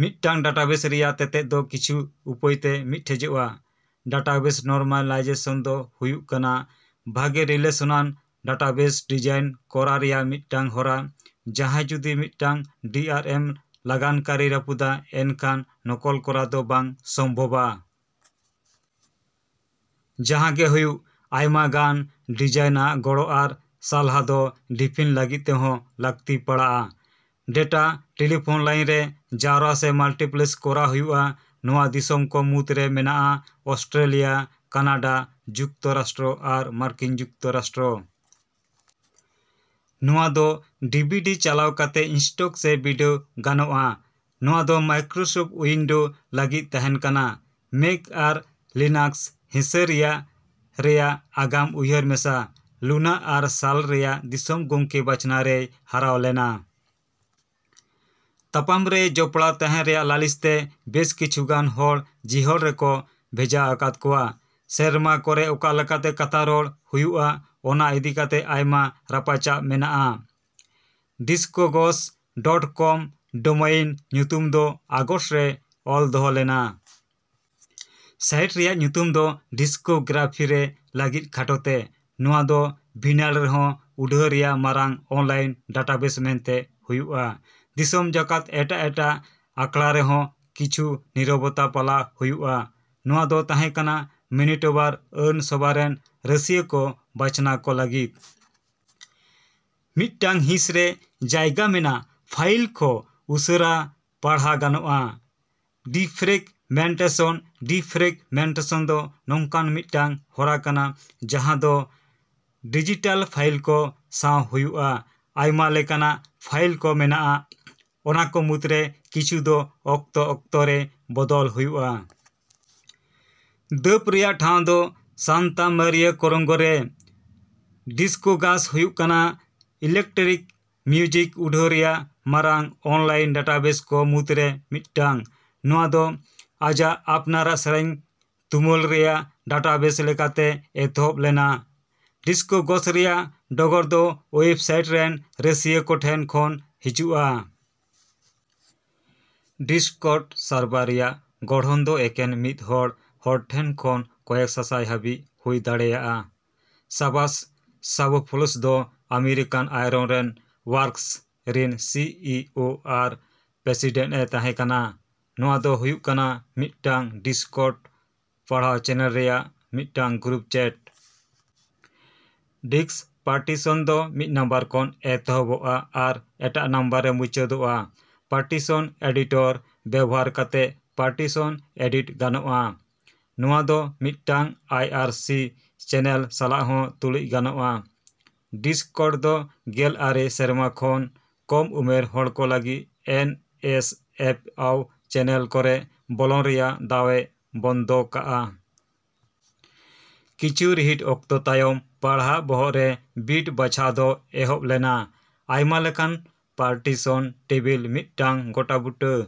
ᱢᱤᱫᱴᱟᱝ ᱰᱟᱴᱟᱵᱮᱥ ᱨᱮᱭᱟᱜ ᱛᱮᱛᱮᱫ ᱫᱚ ᱠᱤᱪᱷᱩ ᱩᱯᱟᱹᱭᱛᱮ ᱢᱤᱫᱴᱷᱮᱡᱚᱜᱼᱟ᱾ ᱰᱟᱴᱟᱵᱮᱥ ᱱᱚᱨᱢᱟᱞᱟᱭᱡᱮᱥᱚᱱ ᱫᱚ ᱦᱩᱭᱩᱜ ᱠᱟᱱᱟ, ᱵᱷᱟᱜᱮ ᱨᱤᱞᱮᱥᱚᱱᱟᱱ ᱰᱟᱴᱟᱵᱮᱥ ᱰᱤᱡᱟᱭᱤᱱ ᱠᱚᱨᱟᱣ ᱨᱮᱭᱟᱜ ᱢᱤᱫᱴᱟᱝ ᱦᱚᱨᱟ᱾ ᱡᱟᱦᱟᱭ ᱡᱩᱫᱤ ᱢᱤᱫᱴᱟᱝ ᱰᱤ ᱟᱨ ᱮᱢ ᱞᱟᱜᱟᱱ ᱠᱟᱹᱨᱤᱭ ᱨᱟᱹᱯᱩᱫᱟᱭ ᱮᱱᱠᱷᱟᱱ ᱱᱚᱠᱚᱞ ᱠᱚᱨᱟᱣ ᱫᱚ ᱵᱟᱝ ᱥᱚᱢᱵᱷᱚᱵᱟ᱾ ᱡᱟᱦᱟᱜᱮ ᱦᱩᱭᱩᱜ, ᱟᱭᱢᱟᱜᱟᱱ ᱰᱮᱵᱤᱭᱟᱱ ᱟᱜ ᱜᱚᱲᱚ ᱟᱨ ᱥᱟᱞᱦᱟ ᱫᱚ ᱰᱤᱯᱤᱱ ᱞᱟᱹᱜᱤᱫ ᱛᱮᱦᱚᱸ ᱞᱟᱹᱜᱛᱤ ᱯᱟᱲᱟᱜᱼᱟ᱾ ᱰᱮᱴᱟ ᱴᱮᱞᱤᱯᱷᱳᱱ ᱞᱟᱹᱭᱤᱱ ᱨᱮ ᱡᱟᱣᱨᱟ ᱥᱮ ᱢᱟᱞᱴᱤᱯᱞᱮᱠᱥ ᱠᱚᱨᱟᱣ ᱦᱩᱭᱩᱜᱼᱟ᱾ ᱱᱚᱶᱟ ᱫᱤᱥᱚᱢ ᱠᱚ ᱢᱩᱫᱨᱮ ᱢᱮᱱᱟᱜᱼᱟ ᱚᱥᱴᱨᱮᱞᱤᱭᱟ, ᱠᱟᱱᱟᱰᱟ, ᱡᱩᱠᱛᱚᱨᱟᱥᱴᱨᱚ ᱟᱨ ᱢᱟᱨᱠᱤᱱ ᱡᱩᱠᱛᱚᱨᱟᱥᱴᱨᱚ᱾ ᱱᱚᱣᱟ ᱫᱚ ᱰᱤ ᱵᱷᱤ ᱰᱤ ᱪᱟᱞᱟᱣ ᱠᱟᱛᱮᱫ ᱤᱱᱥᱴᱚᱠ ᱥᱮ ᱵᱤᱰᱟᱹᱣ ᱜᱟᱱᱚᱜᱼᱟ᱾ ᱱᱚᱶᱟ ᱫᱚ ᱢᱟᱭᱠᱨᱳᱥᱚᱯᱷᱴ ᱩᱭᱤᱱᱰᱳᱡ ᱞᱟᱹᱜᱤᱫ ᱛᱟᱦᱮᱸ ᱠᱟᱱᱟ, ᱢᱮᱹᱠ ᱟᱨ ᱞᱤᱱᱟᱠᱥ ᱦᱮᱸᱥᱟᱹᱨᱤᱭᱟᱜ ᱨᱮᱭᱟᱜ ᱟᱜᱟᱢ ᱩᱭᱦᱟᱹᱨ ᱢᱮᱥᱟ᱾ ᱞᱩᱞᱟ, ᱟᱨ ᱥᱟᱞ ᱨᱮᱭᱟᱜ ᱫᱤᱥᱚᱢ ᱜᱚᱝᱠᱮ ᱵᱟᱪᱷᱱᱟᱣ ᱨᱮᱭ ᱦᱟᱨᱟᱣ ᱞᱮᱱᱟ᱾ ᱛᱟᱯᱟᱢ ᱨᱮ ᱡᱚᱯᱲᱟᱣ ᱛᱟᱱᱮᱱ ᱨᱮᱭᱟᱜ ᱞᱟᱹᱞᱤᱥ ᱛᱮ ᱵᱮᱥ ᱠᱤᱪᱷᱩᱜᱟᱱ ᱦᱚᱲ ᱡᱤᱦᱚᱞ ᱨᱮᱠᱚ ᱵᱷᱮᱡᱟ ᱟᱠᱟᱫ ᱠᱚᱣᱟ᱾ ᱥᱮᱨᱢᱟ ᱠᱚᱨᱮ ᱚᱠᱟᱞᱮᱠᱟᱛᱮ ᱠᱟᱛᱷᱟ ᱨᱚᱲ ᱦᱩᱭᱩᱜᱼᱟ ᱚᱱᱟ ᱤᱫᱤ ᱠᱟᱛᱮ ᱟᱭᱢᱟ ᱨᱟᱯᱟᱪᱟᱜ ᱢᱮᱱᱟᱜᱼᱟ᱾ ᱰᱤᱥᱠᱳᱜᱚᱥ ᱰᱚᱴ ᱠᱚᱢ ᱰᱳᱢᱮᱭᱤᱱ ᱧᱩᱛᱩᱢ ᱫᱚ ᱟᱜᱚᱥᱴ ᱨᱮ ᱚᱞᱫᱚᱦᱚ ᱞᱮᱱᱟ᱾ ᱥᱟᱭᱤᱴ ᱨᱮᱭᱟᱜ ᱧᱩᱛᱩᱢ ᱫᱚ ᱰᱤᱥᱠᱳᱜᱨᱟᱯᱷᱤ ᱨᱮ ᱞᱟᱹᱜᱤᱫ ᱠᱷᱟᱴᱚᱛᱮ᱾ ᱱᱚᱶᱟ ᱫᱚ ᱵᱷᱤᱱᱟᱭᱤᱞ ᱨᱮᱦᱚᱸ ᱩᱰᱷᱟᱹᱣ ᱨᱮᱭᱟᱜ ᱢᱟᱨᱟᱝ ᱚᱱᱞᱟᱭᱤᱱ ᱰᱟᱴᱟᱵᱮᱥ ᱢᱮᱱᱛᱮ ᱦᱩᱭᱩᱜᱼᱟ᱾ ᱫᱤᱥᱚᱢ ᱡᱟᱠᱟᱛ ᱮᱴᱟᱜ ᱮᱴᱟᱜ ᱟᱠᱷᱲᱟᱨᱮᱦᱚᱸ ᱠᱤᱪᱷᱩ ᱱᱤᱨᱚᱵᱚᱛᱟ ᱯᱟᱞᱟᱣ ᱦᱩᱭᱩᱜᱼᱟ᱾ ᱱᱚᱶᱟ ᱫᱚ ᱛᱟᱦᱮᱸ ᱠᱟᱱᱟ ᱢᱮᱹᱱᱤᱴᱳᱵᱟᱨ ᱟᱹᱱ ᱥᱚᱵᱷᱟ ᱨᱮᱱ ᱨᱟᱹᱥᱭᱟᱹ ᱠᱚ ᱵᱟᱪᱷᱱᱟᱣ ᱠᱚ ᱞᱟᱹᱜᱤᱫ᱾ ᱢᱤᱫᱴᱟᱝ ᱦᱤᱸᱥᱨᱮ ᱡᱚᱜᱟᱣ ᱢᱮᱱᱟᱜ ᱯᱷᱟᱭᱤᱞ ᱠᱚ ᱩᱥᱟᱹᱨᱟ ᱯᱟᱬᱦᱟᱣ ᱜᱟᱱᱚᱜᱼᱟ᱾ ᱰᱤᱯᱷᱨᱮᱜᱢᱮᱱᱴᱮᱥᱚᱱ ᱰᱤᱯᱷᱨᱮᱜᱢᱮᱱᱴᱮᱥᱚᱱ ᱫᱚ ᱱᱚᱝᱠᱟᱱ ᱢᱤᱫᱴᱟᱝ ᱦᱚᱨᱟ ᱠᱟᱱᱟ ᱡᱟᱦᱟ ᱫᱚ ᱰᱤᱡᱤᱴᱟᱞ ᱯᱷᱟᱭᱤᱞ ᱠᱚ ᱥᱟᱣ ᱦᱩᱭᱩᱜᱼᱟ᱾ ᱟᱭᱢᱟ ᱞᱮᱠᱟᱱᱟᱜ ᱯᱷᱟᱭᱤᱞ ᱠᱚ ᱢᱮᱱᱟᱜᱼᱟ, ᱚᱱᱟ ᱠᱚ ᱢᱩᱫᱨᱮ ᱠᱤᱪᱷᱩ ᱫᱚ ᱚᱠᱛᱚ ᱚᱠᱛᱚ ᱨᱮ ᱵᱚᱫᱚᱞ ᱦᱩᱭᱩᱜᱼᱟ᱾ ᱫᱟᱹᱵ ᱨᱮᱭᱟᱜ ᱴᱷᱟᱣ ᱫᱚ ᱥᱟᱱᱛᱟ ᱢᱟᱨᱤᱭᱟ ᱠᱚᱨᱳᱝᱜᱳ ᱨᱮ᱾ ᱰᱤᱥᱠᱳᱜᱟᱥ ᱦᱩᱭᱩᱜ ᱠᱟᱱᱟ ᱤᱞᱮᱠᱴᱨᱤᱠ ᱢᱤᱭᱩᱡᱤᱠ ᱩᱰᱷᱟᱹᱣ ᱨᱮᱭᱟᱜ ᱢᱟᱨᱟᱝ ᱚᱱᱞᱟᱭᱤᱱ ᱰᱟᱴᱟᱵᱮᱥ ᱠᱚ ᱢᱩᱫᱨᱮ ᱢᱤᱫᱴᱟᱝ᱾ ᱱᱚᱶᱟ ᱫᱚ ᱟᱡᱟᱜ ᱟᱯᱱᱟᱨᱟᱜ ᱥᱮᱹᱨᱮᱹᱧ ᱛᱩᱢᱟᱹᱞ ᱨᱮᱭᱟᱜ ᱰᱟᱴᱟᱵᱮᱥ ᱞᱮᱠᱟᱛᱮ ᱮᱛᱚᱦᱚᱵ ᱞᱮᱱᱟ᱾ ᱰᱤᱥᱠᱳᱜᱚᱥ ᱨᱮᱭᱟᱜ ᱰᱚᱜᱚᱨ ᱫᱚ ᱳᱭᱮᱵᱽ ᱥᱟᱭᱤᱴ ᱨᱮᱱ ᱨᱟᱹᱥᱤᱭᱟᱹ ᱠᱚᱴᱷᱮᱱ ᱠᱷᱚᱱ ᱦᱤᱡᱩᱜᱼᱟ᱾ ᱰᱤᱥᱠᱚᱨᱰ ᱥᱟᱨᱵᱷᱟᱨ ᱨᱮᱭᱟᱜ ᱜᱚᱲᱦᱚᱱ ᱫᱚ ᱮᱠᱷᱮᱱ ᱢᱤᱫᱦᱚᱲ ᱦᱚᱲᱴᱷᱮᱱ ᱠᱷᱚᱱ ᱠᱚᱭᱮᱠ ᱥᱟᱥᱟᱭ ᱦᱟᱹᱵᱤᱡ ᱦᱩᱭ ᱫᱟᱲᱮᱭᱟᱜᱼᱟ᱾ ᱥᱟᱵᱷᱟᱥ ᱥᱟᱵᱷᱳᱯᱳᱞᱳᱥ ᱫᱚ ᱟᱢᱮᱨᱤᱠᱟᱱ ᱟᱭᱨᱚᱱ ᱨᱮᱱ ᱳᱣᱟᱨᱠᱥ ᱨᱮᱱ ᱥᱤ ᱤ ᱳ ᱟᱨ ᱯᱨᱮᱥᱤᱰᱮᱱᱴ ᱮ ᱛᱟᱦᱮᱸ ᱠᱟᱱᱟ᱾ ᱱᱚᱶᱟ ᱫᱚ ᱦᱩᱭᱩᱜ ᱠᱟᱱᱟ ᱢᱤᱫᱴᱟᱝ ᱰᱤᱥᱠᱚᱨᱰ ᱯᱟᱲᱦᱟᱜ ᱪᱮᱹᱱᱮᱞ ᱨᱮᱭᱟᱜ ᱢᱤᱫᱴᱟᱝ ᱜᱨᱩᱯ ᱪᱮᱹᱴ᱾ ᱰᱤᱥᱠ ᱯᱟᱨᱴᱤᱥᱚᱱ ᱫᱚ ᱢᱤᱫ ᱱᱟᱢᱵᱟᱨ ᱠᱷᱚᱱ ᱮᱛᱚᱦᱚᱵᱚᱼᱟ ᱟᱨ ᱮᱴᱟᱜ ᱱᱟᱢᱵᱟᱨ ᱨᱮ ᱢᱩᱪᱟᱹᱫᱚᱜᱼᱟ᱾ ᱯᱟᱨᱴᱤᱥᱚᱱ ᱮᱰᱤᱴᱚᱨ ᱵᱮᱣᱦᱟᱨ ᱠᱟᱛᱮ ᱯᱟᱨᱴᱤᱥᱚᱱ ᱮᱰᱤᱴ ᱜᱟᱱᱚᱜᱼᱟ᱾ ᱱᱚᱶᱟ ᱫᱚ ᱢᱤᱫᱴᱟᱝ ᱟᱭ ᱟᱨ ᱥᱤ ᱪᱮᱹᱱᱮᱞ ᱥᱟᱞᱟᱜ ᱦᱚᱸ ᱛᱩᱞᱩᱡ ᱜᱟᱱᱚᱜᱼᱟ᱾ ᱰᱤᱥᱠᱚᱨᱰ ᱫᱚ ᱜᱮᱞ ᱟᱨᱮ ᱥᱮᱨᱢᱟ ᱠᱷᱚᱱ ᱠᱚᱢ ᱩᱢᱮᱨ ᱦᱚᱲᱠᱚ ᱞᱟᱹᱜᱤᱫ ᱮᱱ ᱮᱥ ᱮᱯᱷ ᱣ ᱪᱮᱹᱱᱮᱞ ᱠᱚᱨᱮ ᱵᱚᱞᱚᱱ ᱨᱮᱭᱟᱜ ᱫᱟᱣ ᱮ ᱵᱚᱱᱫᱚ ᱠᱟᱜᱼᱟ᱾ ᱠᱤᱪᱷᱩ ᱨᱤᱦᱤᱴ ᱚᱠᱛᱚ ᱛᱟᱭᱚᱢ ᱯᱟᱲᱦᱟᱜ ᱵᱚᱦᱚᱜ ᱨᱮ ᱵᱤᱴ ᱵᱟᱪᱷᱟᱣ ᱫᱚ ᱮᱦᱚᱵ ᱞᱮᱱᱟ᱾ ᱟᱭᱢᱟᱞᱮᱠᱟᱱ ᱯᱟᱨᱴᱤᱥᱚᱱ ᱴᱮᱵᱤᱞ ᱢᱤᱫᱴᱟᱝ ᱜᱚᱴᱟᱵᱩᱴᱟᱹ